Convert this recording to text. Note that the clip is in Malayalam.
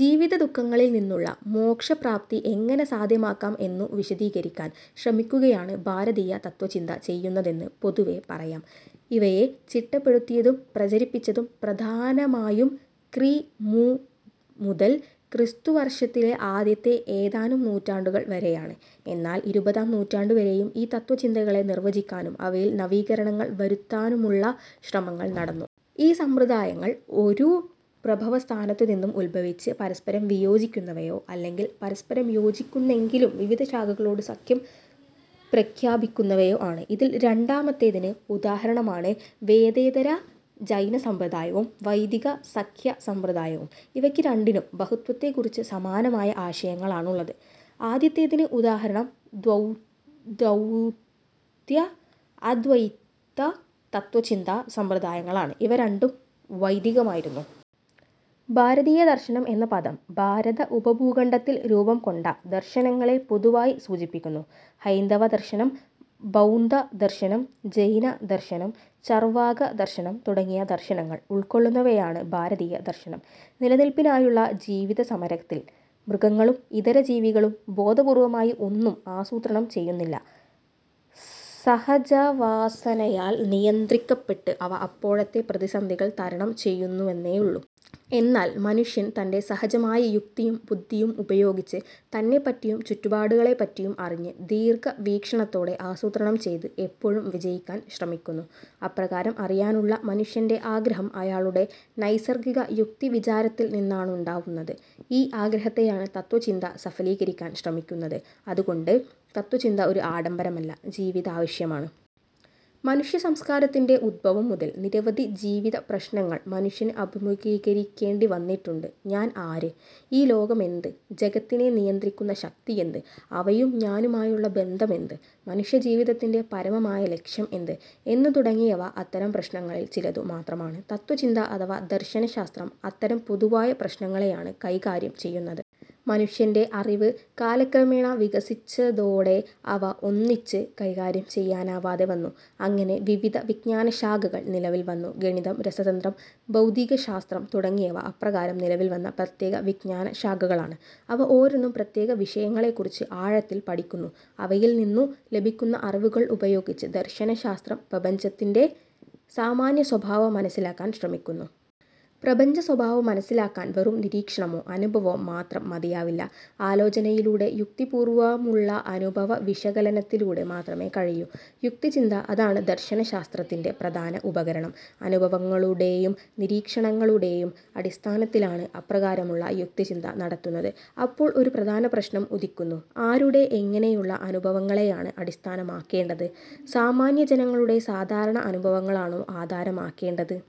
ജീവിതദു:ഖങ്ങളിൽ നിന്നുള്ള മോക്ഷപ്രാപ്തി എങ്ങനെ സാധ്യമാക്കാം എന്നു വീശദീകരിക്കാൻ ശ്രമിക്കുകയാണ് ഭാരതീയ തത്ത്വചിന്ത ചെയ്യുന്നതെന്ന് പൊതുവെ പറയാം. ഇവയെ ചിട്ടപ്പെടുത്തിയതും പ്രചരിപ്പിച്ചതും പ്രധാനമായും ക്രി. മു. മുതൽ ക്രിസ്തുവർഷത്തിലെ ആദ്യത്തെ ഏതാനും നൂറ്റാണ്ടുകൾ വരെയാണ്. എന്നാൽ ഇരുപതാം നൂറ്റാണ്ടുവരെയും ഈ തത്ത്വചിന്തകളെ നിർവചിക്കാനും അവയിൽ നവീകരണങ്ങൾ വരുത്താനുമുള്ള ശ്രമങ്ങൾ നടന്നു. ഈ സമ്പ്രദായങ്ങൾ ഒരു പ്രഭവസ്ഥാനത്തുനിന്നും ഉത്ഭവിച്ച് പരസ്പരം വിയോജിക്കുന്നവയോ, അല്ലെങ്കിൽ പരസ്പരം യോജിക്കുന്നെങ്കിലും വിവിധ ശാഖകളോട് സഖ്യം പ്രഖ്യാപിക്കുന്നവയോ ആണ്. ഇതിൽ രണ്ടാമത്തേതിന് ഉദാഹരണമാണ് വേദേതര ജൈന സമ്പ്രദായവും വൈദിക സംഖ്യ സമ്പ്രദായവും ഇവയ്ക്ക് രണ്ടിനും ബഹുത്വത്തെക്കുറിച്ച് സമാനമായ ആശയങ്ങളാണുള്ളത്. ആദ്യത്തേതിന് ഉദാഹരണം ദ്വൈത, അദ്വൈത തത്ത്വചിന്താ സമ്പ്രദായങ്ങളാണ് ഇവ രണ്ടും വൈദികമായിരുന്നു. ഭാരതീയദർശനം എന്ന പദം ഭാരതഉപഭൂഖണ്ഡത്തിൽ രൂപം കൊണ്ട ദർശനങ്ങളെ പൊതുവായി സൂചിപ്പിക്കുന്നു. ഹൈന്ദവദർശനം, ബൗദ്ധദർശനം, ജൈനദർശനം, ചർവാകദർശനം തുടങ്ങിയ ദർശനങ്ങൾ ഉൾക്കൊള്ളുന്നവയാണ് ഭാരതീയദർശനം. നിലനില്പിനായുള്ള ജീവിതസമരത്തിൽ, മൃഗങ്ങളും ഇതര ജീവികളും ബോധപൂർവമായി ഒന്നും ആസൂത്രണം ചെയ്യുന്നില്ല. സഹജവാസനയാൽ നിയന്ത്രിക്കപ്പെട്ട്, അവ, അപ്പപ്പോഴത്തെ പ്രതിസന്ധികൾ തരണം ചെയ്യുന്നുവെന്നേയുള്ളൂ. എന്നാൽ മനുഷ്യൻ, തൻറെ സഹജമായ യുക്തിയും ബുദ്ധിയും ഉപയോഗിച്ച്, തന്നെപ്പറ്റിയും ചുറ്റുപാടുകളെപ്പറ്റിയും അറിഞ്ഞ്, ദീർഘവീക്ഷണത്തോടെ ആസൂത്രണം ചെയ്ത്, എപ്പോഴും വിജയിക്കാൻ ശ്രമിക്കുന്നു. അപ്രകാരം അറിയാനുള്ള മനുഷ്യൻറെ ആഗ്രഹം അയാളുടെ നൈസർഗിക യുക്തിവിചാരത്തിൽ നിന്നാണുണ്ടാവുന്നത്. ഈ ആഗ്രഹത്തെയാണ് തത്ത്വചിന്ത സഫലീകരിക്കാൻ ശ്രമിക്കുന്നത്. അതുകൊണ്ട് തത്ത്വചിന്ത ഒരു ആഡംബരമല്ല, ജീവിതാവശ്യമാണ്. മനുഷ്യസംസ്കാരത്തിൻറെ ഉദ്ഭവം മുതൽ നിരവധി ജീവിതപ്രശ്നങ്ങൾ മനുഷ്യന് അഭിമുഖീകരിക്കേണ്ടി വന്നിട്ടുണ്ട്. ഞാൻ ആര്? ഈ ലോകമെന്ത്? ജഗത്തിനെ നിയന്ത്രിക്കുന്ന ശക്തിയെന്ത്? അവയും ഞാനുമായുള്ള ബന്ധമെന്ത്? മനുഷ്യജീവിതത്തിന്റെ പരമമായ ലക്ഷ്യം എന്ത്? എന്നു തുടങ്ങിയവ അത്തരം പ്രശ്നങ്ങളിൽ ചിലതു മാത്രമാണ്. തത്ത്വചിന്ത അഥവാ ദർശനശാസ്ത്രം അത്തരം പൊതുവായ പ്രശ്നങ്ങളെയാണ് കൈകാര്യം ചെയ്യുന്നത്. മനുഷ്യൻറെ അറിവ് കാലക്രമേണ വികസിച്ചതോടെ അവ ഒന്നിച്ചു കൈകാര്യം ചെയ്യനാവാതെ വന്നു. അങ്ങനെ വിവിധ വിജ്ഞാനശാഖകൾ നിലവിൽ വന്നു. ഗണിതം, രസതന്ത്രം, ഭൌതികശാസ്ത്രം തുടങ്ങിയവ അപ്രകാരം നിലവിൽ വന്ന പ്രത്യേകവിജ്ഞാനശാഖകളാണ്. അവ ഓരോന്നും പ്രത്യേകവിഷയങ്ങളെക്കുറിച്ച് ആഴത്തിൽ പഠിക്കുന്നു. അവയിൽ നിന്നു ലഭിക്കുന്ന അറിവുകൾ ഉപയോഗിച്ച്, ദർശനശാസ്ത്രം പ്രപഞ്ചത്തിൻറെ സാമാന്യസ്വഭാവം മനസ്സിലാകാൻ ശ്രമിക്കുന്നു. പ്രപഞ്ചസ്വഭാവം മനസ്സിലാക്കാൻ വെറും നിരീക്ഷണമോ, അനുഭവമോ മാത്രം മതിയാവില്ല. ആലോചനയിലൂടെ, യുക്തിപൂർവമുള്ള അനുഭവവിശകലനത്തിലൂടെ, മാത്രമേ കഴിയൂ. യുക്തിചിന്ത, അതാണ് ദർശനശാസ്ത്രത്തിൻറെ പ്രധാന ഉപകരണം. അനുഭവങ്ങളുടെയും, നിരീക്ഷണങ്ങളെടെയും അടിസ്ഥാനത്തിലാണ് അപ്രകാരമുള്ള യുക്തിചിന്ത നടത്തുന്നത്. അപ്പോൾ ഒരു പ്രധാനപ്രശ്നം ഉദിക്കുന്നു. ആരുടെ, എങ്ങനെയുള്ള അനുഭവങ്ങളെയാണ് അടിസ്ഥാനമാക്കേണ്ടത്? സാമാന്യജനങ്ങളുടെ സാധാരണ അനുഭവങ്ങളാണോ ആധാരമാക്കേണ്ടത്?